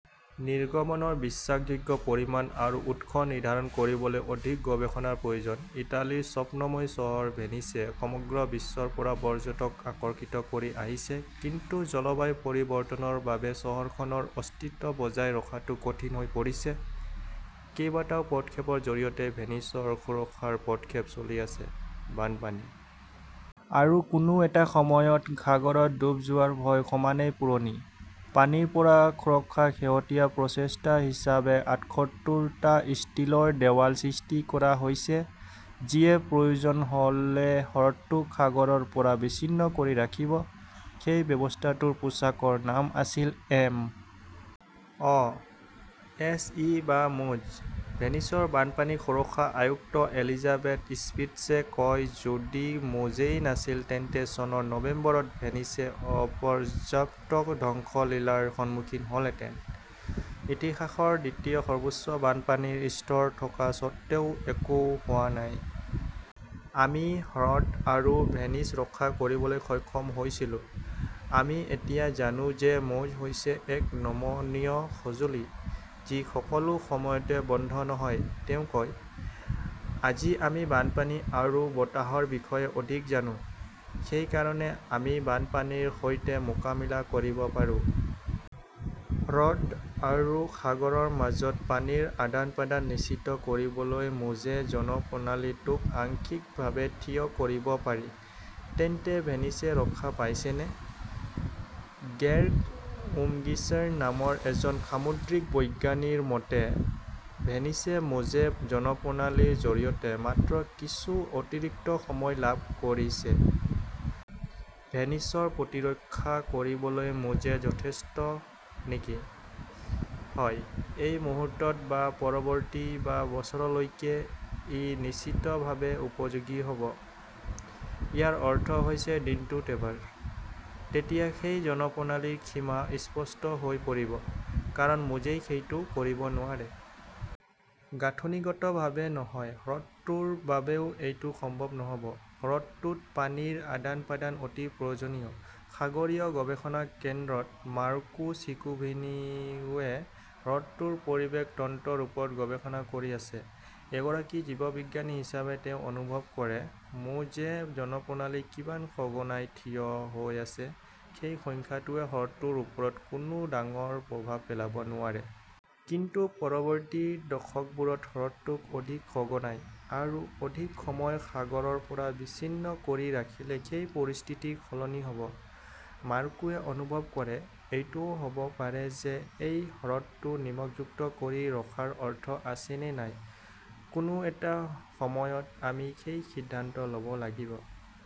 নিৰ্গমনৰ বিশ্বাসযোগ্য পৰিমাণ আৰু উৎস নিৰ্ধাৰণ কৰিবলৈ অধিক গৱেষণাৰ প্ৰয়োজন। ইটালীৰ স্বপ্নময় চহৰ ভেনিছে সমগ্ৰ বিশ্বৰ পৰা পৰ্যটক আকৰ্ষিত কৰি আহিছে। কিন্তু জলবায়ু পৰিৱৰ্তনৰ বাবে চহৰখনৰ অস্তিত্ব বজাই ৰখাটো কঠিন হৈ পৰিছে। কেইবাটাও পদক্ষেপৰ জৰিয়তে ভেনিচৰ সুৰক্ষাৰ পদক্ষেপ চলি আছে। বানপানী আৰু কোনো এটা সময়ত সাগৰত ডুব যোৱাৰ ভয় সমানেই পুৰণি। পানীৰ পৰা সুৰক্ষাৰ শেহতীয়া প্ৰচেষ্টা হিচাপে আঠসত্তৰটা ষ্টীলৰ দেৱাল সৃষ্টি কৰা হৈছে, যিয়ে প্ৰয়োজন হ'লে হ্ৰদটোক সাগৰৰ পৰা বিচ্ছিন্ন কৰি ৰাখিব। সেই ব্যৱস্থাটোৰ পোচাকৰ নাম আছিল এম. অ'. এছ. ই. বা মোজ। ভেনিচৰ বানপানী সুৰক্ষা আয়ুক্ত এলিজাবেথ স্পিটছে কয়, যদি মোজেই নাছিল তেন্তে চনৰ নৱেম্বৰত ভেনিছে অপৰ্যাপ্ত ধ্বংসলীলাৰ সন্মুখীন হ'লহেঁতেন। ইতিহাসৰ দ্বিতীয় সৰ্বোচ্চ বানপানীৰ স্তৰ থকা স্বত্বেও একো হোৱা নাই। আমি হ্ৰদ আৰু ভেনিচ ৰক্ষা কৰিবলৈ সক্ষম হৈছিলো। আমি এতিয়া জানো যে মোজ হৈছে এক নমনীয় সঁজুলি, যি সকলো সময়তে বন্ধ নহয়, তেওঁ কয়। আজি আমি বানপানী আৰু বতাহৰ বিষয়ে অধিক জানো। সেই কাৰণেই আমি বানপানীৰ সৈতে মোকামিলা কৰিব পাৰোঁ। হ্ৰদ আৰু সাগৰৰ মাজত পানীৰ আদান-প্ৰদান নিশ্চিত কৰিবলৈ মোজে জলপ্ৰণালীটোক আংশিকভাৱে থিয় কৰিব পাৰি। তেন্তে ভেনিছে ৰক্ষা পাইছেনে? গেৰ্গ উমগিছাৰ নামৰ এজন সামুদ্ৰিক বৈজ্ঞানীৰ মতে, ভেনিছে মোজে জলপ্ৰণালীৰ জৰিয়তে মাত্ৰ কিছু অতিৰিক্ত সময় লাভ কৰিছে। ভেনিচৰ প্ৰতিৰক্ষা কৰিবলৈ মোজে যথেষ্ট নেকি? হয়, এই মুহূৰ্তত বা পৰৱৰ্তী বা বছৰলৈকে ই নিশ্চিতভাৱে উপযোগী হ 'ব। ইয়াৰ অৰ্থ হৈছে দিনটোত এবাৰ। তেতিয়া সেই জলপ্ৰণালীৰ সীমা স্পষ্ট হৈ পৰিব। কাৰণ মোজেই সেইটো কৰিব নোৱাৰে। গাঁথনিগতভাৱে নহয়, হ্ৰদটোৰ বাবেও এইটো সম্ভৱ নহ'ব। হ্ৰদটোত পানীৰ আদান-প্ৰদান অতি প্ৰয়োজনীয়। সাগৰীয় গৱেষণা কেন্দ্ৰত মাৰ্কো চিকোভিনিওৱে হ্ৰদটোৰ পৰিৱেশ তন্ত্ৰৰ ওপৰত গৱেষণা কৰি আছে। এগৰাকী জীৱবিজ্ঞানী হিচাপে তেওঁ অনুভৱ কৰে, মোজে জলপ্ৰণালী কিমান সঘনাই থিয় হৈ আছে, সেই সংখ্যাটোৱে হ্ৰদটোৰ ওপৰত কোনো ডাঙৰ প্ৰভাৱ পেলাব নোৱাৰে। কিন্তু পৰৱৰ্তী দশকবোৰত হ্ৰদটোক অধিক সঘনাই আৰু অধিক সময় সাগৰৰ পৰা বিচ্ছিন্ন কৰি ৰাখিলে সেই পৰিস্থিতি সলনি হ'ব। মাৰ্কোৱে অনুভৱ কৰে, এইটোও হ'ব পাৰে যে এই হ্ৰদটো নিমখযুক্ত কৰি ৰখাৰ অৰ্থ আছে নে নাই, কোনো এটা সময়ত আমি সেই সিদ্ধান্ত ল'ব লাগিব।